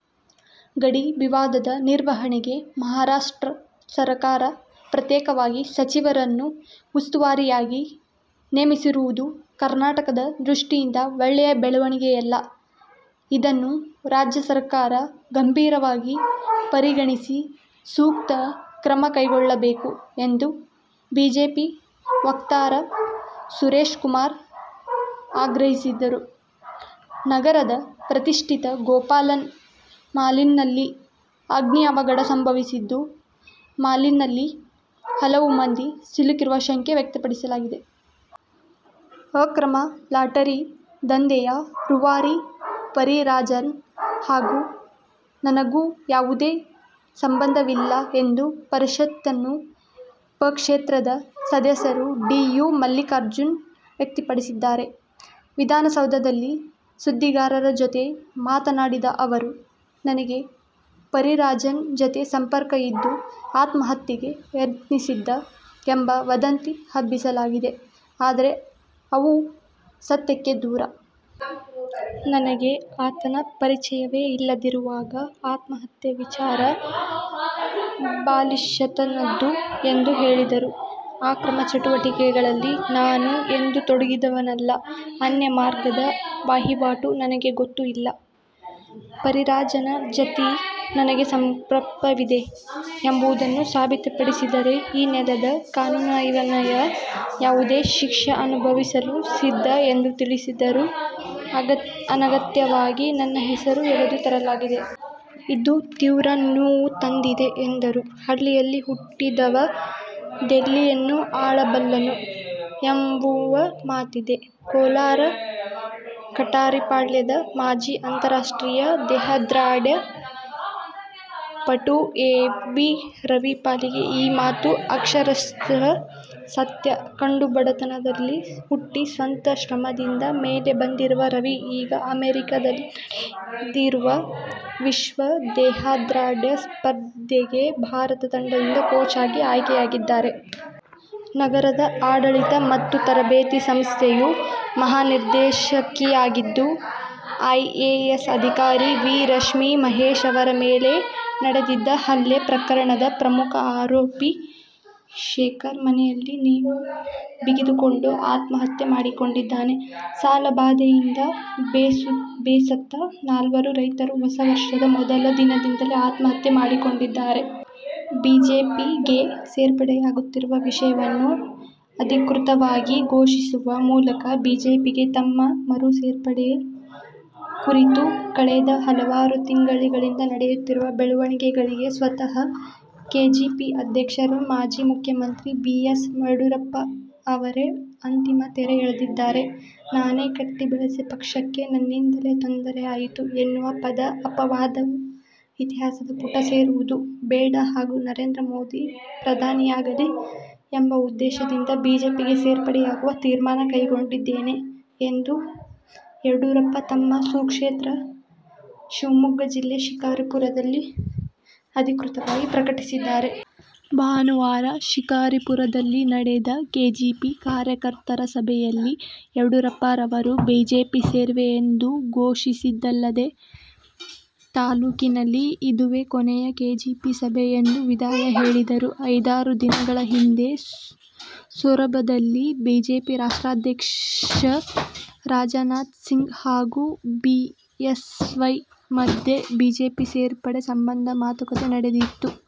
ಗಡಿ ವಿವಾದದ ನಿರ್ವಹಣೆಗೆ ಮಹಾರಾಷ್ಟ್ರ ಸರಕಾರ ಪ್ರತ್ಯೇಕವಾಗಿ ಸಚಿವರನ್ನು ಉಸ್ತುವಾರಿಯಾಗಿ ನೇಮಿಸಿರುವುದು ಕರ್ನಾಟಕದ ದೃಷ್ಟಿಯಿಂದ ಒಳ್ಳೆಯ ಬೆಳವಣಿಗೆಯಲ್ಲ. ಇದನ್ನು ರಾಜ್ಯ ಸರಕಾರ ಗಂಭೀರವಾಗಿ ಪರಿಗಣಿಸಿ ಸೂಕ್ತ ಕ್ರಮ ಕೈಗೊಳ್ಳಬೇಕು ಎಂದು ಬಿಜೆಪಿ ವಕ್ತಾರ ಸುರೇಶಕುಮಾರ ಆಗ್ರಹಿಸಿದರು. ನಗರದ ಪ್ರತಿಷ್ಠಿತ ಗೋಪಾಲನ್ ಮಾಲ್ನಲ್ಲಿ ಅಗ್ನಿ ಅವಘಡ ಸಂಭವಿಸಿದ್ದು, ಮಾಲ್ನಲ್ಲಿ ಹಲವು ಮಂದಿ ಸಿಲುಕಿರುವ ಶಂಕೆ ವ್ಯಕ್ತವಾಗಿದೆ. ಅಕ್ರಮ ಲಾಟರಿ ದಂಧೆಯ ರೂವಾರಿ ಪಾರಿರಾಜನ್ ಹಾಗೂ ನನಗೂ ಯಾವುದೇ ಸಂಬಂಧವಿಲ್ಲ ಎಂದು ವಿಧಾನಪರಿಷತ್ನ ಪಕ್ಷೇತರ ಸದಸ್ಯ ಡಿ. ಯು. ಮಲ್ಲಿಕಾರ್ಜುನ್ ಸ್ಪಷ್ಟಪಡಿಸಿದ್ದಾರೆ. ವಿಧಾನಸೌಧದಲ್ಲಿ ಸುದ್ದಿಗಾರರ ಜತೆ ಮಾತನಾಡಿದ ಅವರು, ನನಗೆ ಪಾರಿರಾಜನ್ ಜತೆ ಸಂಪರ್ಕ ಇದ್ದು ಆತ್ಮಹತ್ಯೆಗೆ ಯತ್ನಿಸಿದ್ದೆ ಎಂಬ ವದಂತಿ ಹಬ್ಬಿಸಲಾಗಿದೆ. ಆದರೆ, ಅವು ಸತ್ಯಕ್ಕೆ ದೂರ. ನನಗೆ ಆತನ ಪರಿಚಯವೇ ಇಲ್ಲದಿರುವಾಗ ಆತ್ಮಹತ್ಯೆ ವಿಚಾರ ಬಾಲಿಶತನದ್ದು ಎಂದು ಹೇಳಿದರು. ಅಕ್ರಮ ಚಟುವಟಿಕೆಗಳಲ್ಲಿ ನಾನು ಎಂದೂ ತೊಡಗಿದವನಲ್ಲ. ಅನ್ಯ ಮಾರ್ಗದ ವಹಿವಾಟು ನನಗೆ ಗೊತ್ತೂ ಇಲ್ಲ. ಪಾರಿರಾಜನ್ ಜತೆ ನನಗೆ ಸಂಪರ್ಕವಿದೆ ಎಂಬುದನ್ನು ಸಾಬೀತುಪಡಿಸಿದರೆ ಈ ನೆಲದ ಕಾನೂನಿನನ್ವಯ ಯಾವುದೇ ಶಿಕ್ಷೆ ಅನುಭವಿಸಲು ಸಿದ್ಧ ಎಂದು ತಿಳಿಸಿದರು ಅನಗತ್ಯವಾಗಿ ನನ್ನ ಹೆಸರು ಎಳೆದು ತರಲಾಗಿದೆ. ಇದು ತೀವ್ರ ನೋವು ತಂದಿದೆ ಎಂದರು. ಹಳ್ಳಿಯಲ್ಲಿ ಹುಟ್ಟಿದವ ದಿಲ್ಲಿಯನ್ನೂ ಆಳಬಲ್ಲನು ಎನ್ನುವ ಮಾತಿದೆ. ಕೋಲಾರ ಕಠಾರಿಪಾಳ್ಯದ ಮಾಜಿ ಅಂತಾರಾಷ್ಟ್ರೀಯ ದೇಹದಾರ್ಢ್ಯ ಪಟು ಎ. ವಿ. ರವಿ ಪಾಲಿಗೆ ಈ ಮಾತು ಅಕ್ಷರಶಃ ಸತ್ಯ. ಕಡುಬಡತನದಲ್ಲಿ ಹುಟ್ಟಿ ಸ್ವಂತ ಶ್ರಮದಿಂದ ಮೇಲೆ ಬಂದಿರುವ ರವಿ ಈಗ ಅಮೆರಿಕದಲ್ಲಿ ನಡೆಯಲಿರುವ ವಿಶ್ವ ದೇಹದಾರ್ಢ್ಯ ಸ್ಪರ್ಧೆಗೆ ಭಾರತ ತಂಡದ ಕೋಚ್ ಆಗಿ ಆಯ್ಕೆಯಾಗಿದ್ದಾರೆ. ನಗರದ ಆಡಳಿತ ಮತ್ತು ತರಬೇತಿ ಸಂಸ್ಥೆಯ ಮಹಾನಿರ್ದೇಶಕಿಯಾಗಿದ್ದ ಐಎಎಸ್ಅಧಿಕಾರಿ ವಿ. ರಶ್ಮಿ ಮಹೇಶ್ ಅವರ ಮೇಲೆ ನಡೆದಿದ್ದ ಹಲ್ಲೆ ಪ್ರಕರಣದ ಪ್ರಮುಖ ಆರೋಪಿ ಶೇಖರ್ ಮನೆಯಲ್ಲಿ ನೇಣು ಬಿಗಿದುಕೊಂಡು ಆತ್ಮಹತ್ಯೆ ಮಾಡಿಕೊಂಡಿದ್ದಾರೆ. ಸಾಲಬಾಧೆಯಿಂದ ಬೇಸತ್ತ ನಾಲ್ವರು ರೈತರು ಹೊಸ ವರ್ಷದ ಮೊದಲ ದಿನದಂದೇ ಆತ್ಮಹತ್ಯೆ ಮಾಡಿಕೊಂಡಿದ್ದಾರೆ. ಬಿಜೆಪಿಗೆ ಸೇರ್ಪಡೆಯಾಗುತ್ತಿರುವ ವಿಷಯವನ್ನು ಅಧಿಕೃತವಾಗಿ ಘೋಷಿಸುವ ಮೂಲಕ ಬಿಜೆಪಿಗೆ ತಮ್ಮ ಮರು ಸೇರ್ಪಡೆ ಕುರಿತು ಕಳೆದ ಹಲವಾರು ತಿಂಗಳಿಂದ ನಡೆಯುತ್ತಿರುವ ಬೆಳವಣಿಗೆಗಳಿಗೆ ಸ್ವತಃ ಕೆಜೆಪಿ ಅಧ್ಯಕ್ಷ, ಮಾಜಿ ಮುಖ್ಯಮಂತ್ರಿ ಬಿ. ಎಸ್. ಯಡಿಯೂರಪ್ಪ ಅವರೇ ಅಂತಿಮ ತೆರೆ ಎಳೆದಿದ್ದಾರೆ. ''''''ನಾನೇ ಕಟ್ಟಿ ಬೆಳೆಸಿದ ಪಕ್ಷಕ್ಕೆ ನನ್ನಿಂದಲೇ ತೊಂದರೆ ಆಯಿತು ಎನ್ನುವ ಅಪವಾದ ಇತಿಹಾಸದ ಪುಟ ಸೇರುವುದು ಬೇಡ ಹಾಗೂ ನರೇಂದ್ರ ಮೋದಿ ಪ್ರಧಾನಿಯಾಗಲಿ ಎಂಬ ಉದ್ದೇಶದಿಂದ ಬಿಜೆಪಿಗೆ ಸೇರ್ಪಡೆಯಾಗುವ ತೀರ್ಮಾನ ಕೈಗೊಂಡಿದ್ದೇನೆ'' ಎಂದು ಯಡಿಯೂರಪ್ಪ ತಮ್ಮ ಸ್ವಕ್ಷೇತ್ರ ಶಿವಮೊಗ್ಗ ಜಿಲ್ಲೆ ಶಿಕಾರಿಪುರದಲ್ಲಿ ಅಧಿಕೃತವಾಗಿ ಪ್ರಕಟಿಸಿದ್ದಾರೆ. ಭಾನುವಾರ ಶಿಕಾರಿಪುರದಲ್ಲಿ ನಡೆದ ಕೆಜೆಪಿ ಕಾರ್ಯಕರ್ತರ ಸಭೆಯಲ್ಲಿ ಯಡಿಯೂರಪ್ಪ ಅವರು ಬಿಜೆಪಿ ಸೇರುವೆ ಎಂದು ಘೋಷಿಸಿದ್ದಲ್ಲದೇ ತಾಲೂಕಿನಲ್ಲಿ ಇದುವೇ ಕೊನೆಯ ಕೆಜೆಪಿ ಸಭೆ ಎಂದು ವಿದಾಯ ಹೇಳಿದರು. ಐದಾರು ದಿನಗಳ ಹಿಂದೆ ಸೊರಬದಲ್ಲಿ ಬಿಜೆಪಿ ರಾಷ್ಟ್ರಾಧ್ಯಕ್ಷ ರಾಜನಾಥ ಸಿಂಗ್ ಹಾಗೂ ಬಿಎಸ್ವೈ ಮಧ್ಯೆ ಬಿಜೆಪಿ ಸೇರ್ಪಡೆ ಸಂಬಂಧ ಮಾತುಕತೆ ನಡೆದಿತ್ತು.